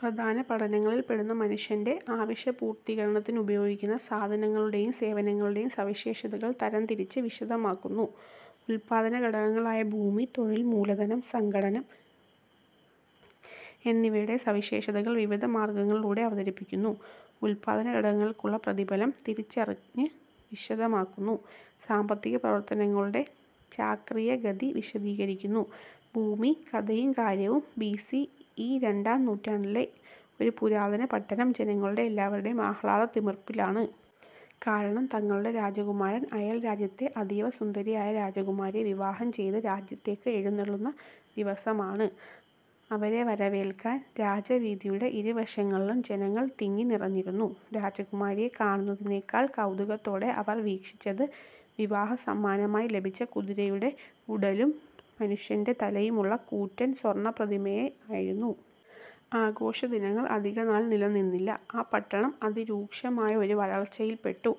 പ്രധാന പഠനങ്ങളിൽപ്പെടുന്നവ മനുഷ്യന്റെ ആവശ്യപൂർത്തീകരണത്തിനുപയോഗിക്കുന്ന സാധനങ്ങളുടെയും സേവനങ്ങളുടെയും സവിശേഷതകൾ തരംതിരിച്ച് വിശദമാക്കുന്നു. ഉല്പാദനഘടകങ്ങളായ ഭൂമി, തൊഴിൽ, മൂലധനം, സംഘാടനം എന്നിവയുടെ സവിശേഷതകൾ വിവിധ മാർഗ്ഗങ്ങളിലൂടെ അവതരിപ്പിക്കുന്നു. ഉല്പാദനഘടകങ്ങൾക്കുള്ള പ്രതിഫലം തിരിച്ചറിഞ്ഞ് വിശദമാക്കുന്നു. സാമ്പത്തികപ്രവർത്തനങ്ങളുടെ ചാക്രികഗതി വിശദീകരിക്കുന്നു. ഭൂമി: കഥയും കാര്യവും: ബി. സി. ഇ രണ്ടാം നൂറ്റാണ്ടിലെ ഒരു പുരാതന പട്ടണം: ജനങ്ങൾ എല്ലാവരും ആഹ്ലാദത്തിമിർപ്പിലാണ്. കാരണം തങ്ങളുടെ രാജകുമാരൻ അയൽ രാജ്യത്തെ അതീവ സുന്ദരിയായ രാജകുമാരിയെ വിവാഹം ചെയ്ത് രാജ്യത്തേയ്ക്ക് എഴുന്നെള്ളുന്ന ദിവസമാണ്. അവരെ വരവേൽക്കാൻ രാജവീഥിയുടെ ഇരുവശങ്ങളിലും ജനങ്ങൾ തിങ്ങി നിറഞ്ഞിരുന്നു. രാജകുമാരിയെ കാണുന്നതിനെക്കാൾ കൗതുകത്തോടെ അവർ വീക്ഷിച്ചത് വിവാഹസമ്മാനമായി ലഭിച്ച കുതിരയുടെ ഉടലും മനുഷ്യന്റെ തലയുമുള്ള കൂറ്റൻ സ്വർണ്ണ പ്രതിമയെ ആയിരുന്നു. ആഘോഷദിനങ്ങൾ അധികനാൾ നിലനിന്നില്ല. ആ പട്ടണം അതിരൂക്ഷമായ ഒരു വരൾച്ചയിൽപ്പെട്ടു.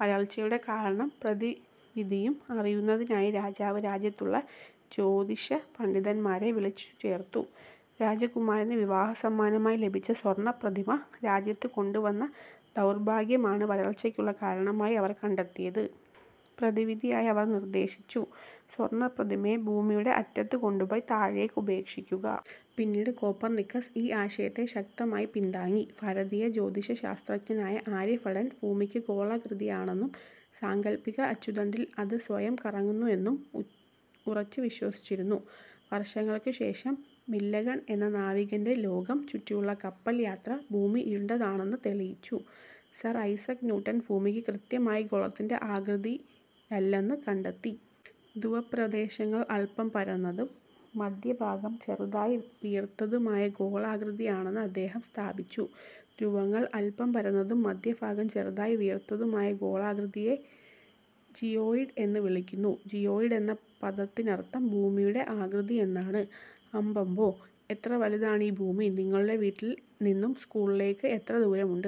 വരൾച്ചയുടെ കാരണവും പ്രതിവിധിയും അറിയുന്നതിനായി രാജാവ് രാജ്യത്തുള്ള ജ്യോതിഷ പണ്ഡിതന്മാരെ വിളിച്ചുചേർത്തു. രാജകുമാരന് വിവാഹസമ്മാനമായി ലഭിച്ച സ്വർണ്ണപ്രതിമ രാജ്യത്ത് കൊണ്ടുവന്ന ദൗർഭാഗ്യമാണ് വരൾച്ചയ്ക്കുള്ള കാരണമായി അവർ കണ്ടെത്തിയത്. പ്രതിവിധിയായി അവർ നിർദേശിച്ചു. സ്വർണ്ണപ്രതിമയെ ഭൂമിയുടെ അറ്റത്ത് കൊണ്ടുപോയി താഴേയ്ക്ക് ഉപേക്ഷിക്കുക. പിന്നീട് കോപ്പർ നിക്കസ് ഈ ആശയത്തെശക്തമായി പിന്താങ്ങി. ഭാരതീയ ജ്യോതിശാസ്ത്രജ്ഞനായ ആര്യഭടൻ ഭൂമിക്ക് ഗോളാകൃതിയാണെന്നും സാങ്കല്പിക അച്ചുതണ്ടിൽ അത് സ്വയം കറങ്ങുന്നുവെന്നും ഉറച്ചുവിശ്വസിച്ചിരുന്നു. വർഷങ്ങൾക്കുശേഷം മഗല്ലൻ എന്ന നാവികന്റെ ലോകം ചുറ്റിയുള്ള കപ്പൽ യാത്ര ഭൂമി ഉരുണ്ടതാണെന്ന് തെളിയിച്ചു. സർ ഐസക് ന്യൂട്ടൺ ഭൂമിക്ക് കൃത്യമായ ഗോളത്തിന്റെ ആകൃതിയല്ലെന്ന് കണ്ടെത്തി. ധ്രുവപ്രദേശങ്ങൾ അല്പം പരന്നതും മധ്യഭാഗം ചെറുതായി വീർത്തതുമായ ഗോളാകൃതിയാണെന്ന് അദ്ദേഹം സ്ഥാപിച്ചു. ധ്രുവങ്ങൾ അല്പം പരന്നതും മധ്യഭാഗം ചെറുതായി വീർത്തതുമായ ഗോളാകൃതിയെ ജിയോയിഡ് എന്നുവിളിക്കുന്നു. ജിയോയിഡ് എന്ന പദത്തിനർത്ഥം ""ഭൂമിയുടെ ആകൃതി' എന്നാണ്. അമ്പമ്പോ എത്രവലുതാണീ ഭൂമി! നിങ്ങളുടെ വീട്ടിൽ നിന്നും സ്കൂളിലേക്ക് എത്ര ദൂരമുണ്ട്?